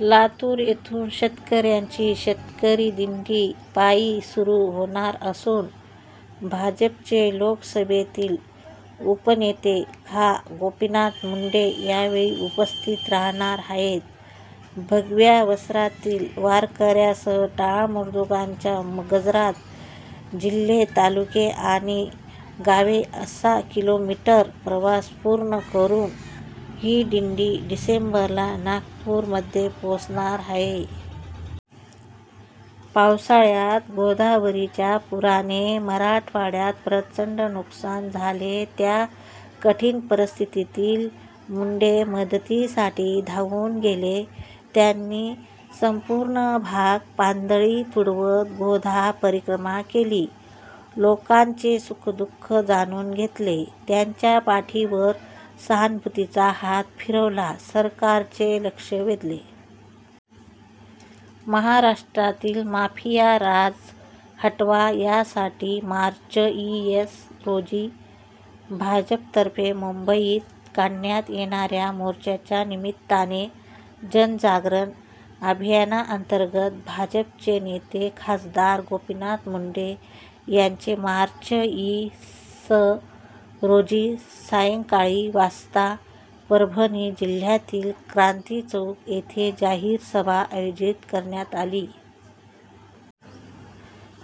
लातूर येथून शेतकऱ्यांची शेतकरी दिण्डी पायी सुरू होणार असून भाजपचे लोकसभेतील उपनेते खा. गोपीनाथ मुंडे यावेळी उपस्थित रहाणार आहेत. भगव्या वस्त्रातील वारकऱ्यांसह टाळ मृदुंगाच्या गजरात जिल्हे, तालुके आणि गावे असा किलोमीटर प्रवास पूर्ण करून ही दिंडी डिसेंबरला नागपूरमध्ये पोहोचणार आहे. पावसाळ्यात गोदावरीच्या पुराने मराठवाड्यात प्रचण्ड नुकसान झाले. त्या कठिण परिस्थितीत मुंडे मतदीसाठी धावून गेले. त्यांनी सम्पूर्ण भाग पायदळी तुडवत 'गोदा परिक्रमा' केली. लोकांचे सुखदुःख जाणून घेतले, त्यांच्या पाठीवर सहानुभूतीचा हात फिरवला, सरकारचे लक्ष वेधले. महाराष्ट्रातील माफिया राज हटवा यासाठी मार्च इ. स. रोजी भाजपतर्फे मुम्बईत काढण्यात येणाऱ्या मोर्चाच्या निमित्ताने जनजागरण अभियानाअंतर्गत भाजपचे नेते खासदार गोपीनाथ मुंडे यांचे मार्च इ. स. रोजी सायंकाळी वाजता परभणी जिल्ह्यातील क्रान्ती चौक येथे जाहीर सभा आयोजित करण्यात आली.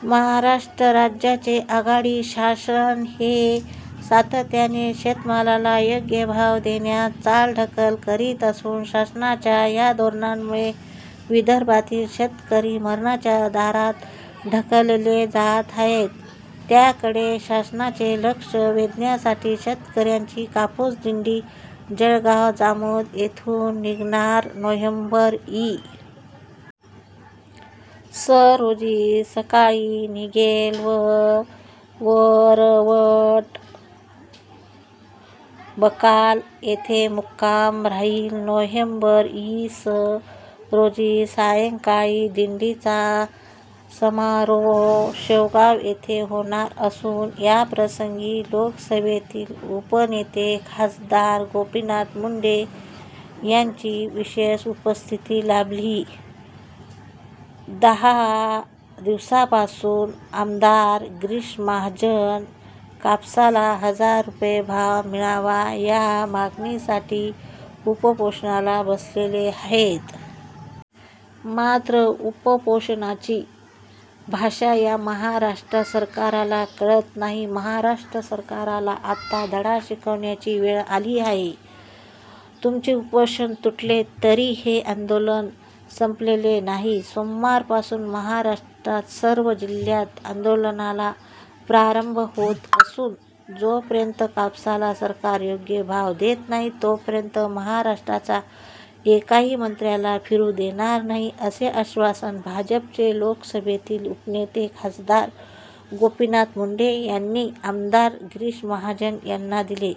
महाराष्ट्र राज्याचे आघाडी शासन हे सातत्याने शेतमालाला योग्य भाव देण्यात चालढकल करीत असून, शासनाच्या या धोरणामुळे विदर्भातील शेतकरी मरणाच्या दारात ढकलले जात आहे. त्याकडे शासनाचे लक्ष वेधण्यासाठी शेतकऱ्यांची कापूस दिण्डी जळगाव जामोद येथून निघणार नोव्हेम्बर इ. स. रोजी सकाळी. निघेल व वरवट बकाल येथे मुक्काम राहील. नोव्हेम्बर इ. स. रोजी सायंकाळी. दिण्डीचा समारोप शेगाव येथे होणार असून, याप्रसंगी लोकसभेतील उपनेते खासदार गोपीनाथ मुंडे यांची विशेष उपस्थिती लाभली.। दहा दिवसांपासून आमदार गिरीश महाजन कापसाला हजार रुपये भाव मिळावा या मागणीसाठी उपोषणाला बसले आहेत. मात्र उपोषणाची भाषा या महाराष्ट्र सरकारला कळत नाही. महाराष्ट्र सरकारला आता धडा शिकविण्याची वेळ आली आहे. तुमचे उपोषण सुटले तरी हे आन्दोलन सम्पलेले नाही. सोमवारपासून महाराष्ट्रात सर्व जिल्ह्यात आन्दोलनाला प्रारम्भ होत असून, जोपर्यंत कापसाला सरकार योग्य भाव देत नाही, तोपर्यंत महाराष्ट्राच्या एकाही मंत्र्याला फिरू देणार नाही, असे आश्वासन भाजपचे लोकसभेतील उपनेते खासदार गोपीनाथ मुंडे यांनी आमदार गिरीश महाजन यांना दिले.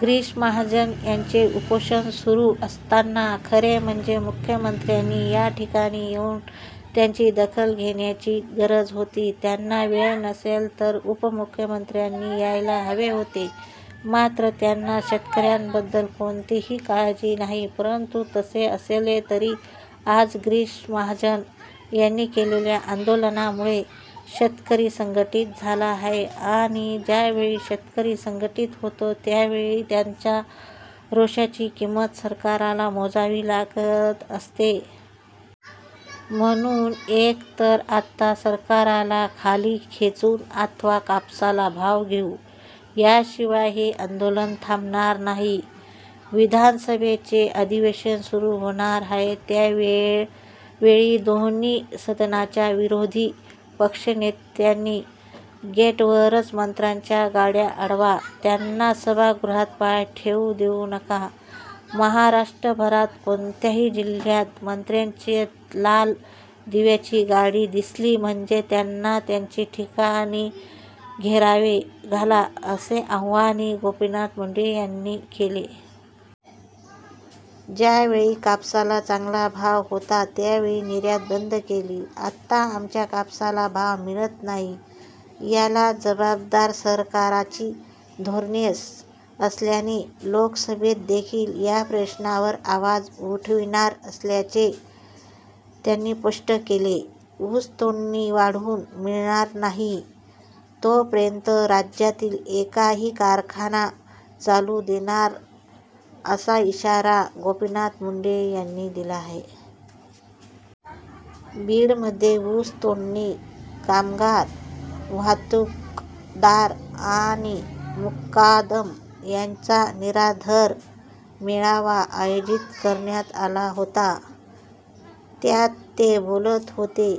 गिरीश महाजन यांचे उपोषण सुरू असताना खरे म्हणजे मुख्यमंत्र्यांनी या ठिकाणी येऊन त्याची दखल घेण्याची गरज होती. त्यांना वेळ नसेल, तर उपमुख्यमंत्र्यांनी यायला हवे होते. मात्र त्यांना शेतकऱ्यांबद्दल कोणतीही काळजी नाही. परंतु तसे असले तरी आज गिरीश महाजन यांनी केलेल्या आन्दोलनामुळे शेतकरी संघटित झाला आहे आणि ज्यावेळी शेतकरी संघटित होतो त्यावेळी त्याच्या रोषाची किंमत सरकारला मोजावी लागत असते. म्हणून एक तर आता 'सरकारला खाली खेचू अथवा कापसाला भाव घेऊ' याशिवाय हे आन्दोलन थाम्बणार नाही. विधानसभेचे अधिवेशन सुरू होणार आहे. त्यावेळी दोन्ही सदनांच्या विरोधी पक्षनेत्यांनी गेटवरच मंत्र्यांच्या गाड्या अडवा. त्यांना सभागृहात पाय ठेवू देवू नका, महाराष्ट्रभरात कोणत्याही जिल्ह्यात मंत्र्यांची लाल दिव्याची गाडी दिसली म्हणजे त्यांना त्याच ठिकाणी घेराव घाला असे आवाहनही गोपीनाथ मुंडे यांनी केले. ज्यावेळी कापसाला चांगला भाव होता त्यावेळी निर्यात बन्द केली. आता आमच्या कापसाला भाव मिळत नाही. याला जबाबदार सरकारची धोरणेच असल्याने लोकसभेतदेखील या प्रश्नावर आवाज उठविणार असल्याचे त्यांनी स्पष्ट केले. ऊस तोडणी वाढवून मिळणार नाहीं तो पर्यंत राज्यातील एका ही कारखाना चालू देणार असा इशारा गोपीनाथ मुंडे यांनी दिला आहे. बीडमध्ये ऊस तोडणी कामगार, वाहतूकदार आणि मुकादम यांचा निर्धार मेळावा आयोजित करण्यात आला होता. त्यात ते बोलत होते,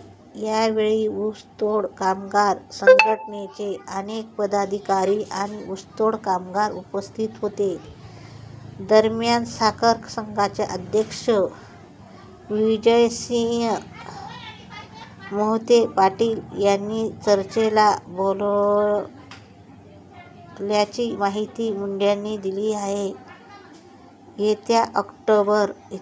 या वेळी ऊस तोड कामगार संघटनेचे अनेक पदाधिकारी आणि ऊसतोड कामगार उपस्थित होते. दरम्यान, साखर संघाचे अध्यक्ष विजयसिंह मोहिते-पाटील यांनी चर्चेला बोलावल्याची माहिती मुंडेंनी दिली आहे. येत्या ऑक्टोबर, इ.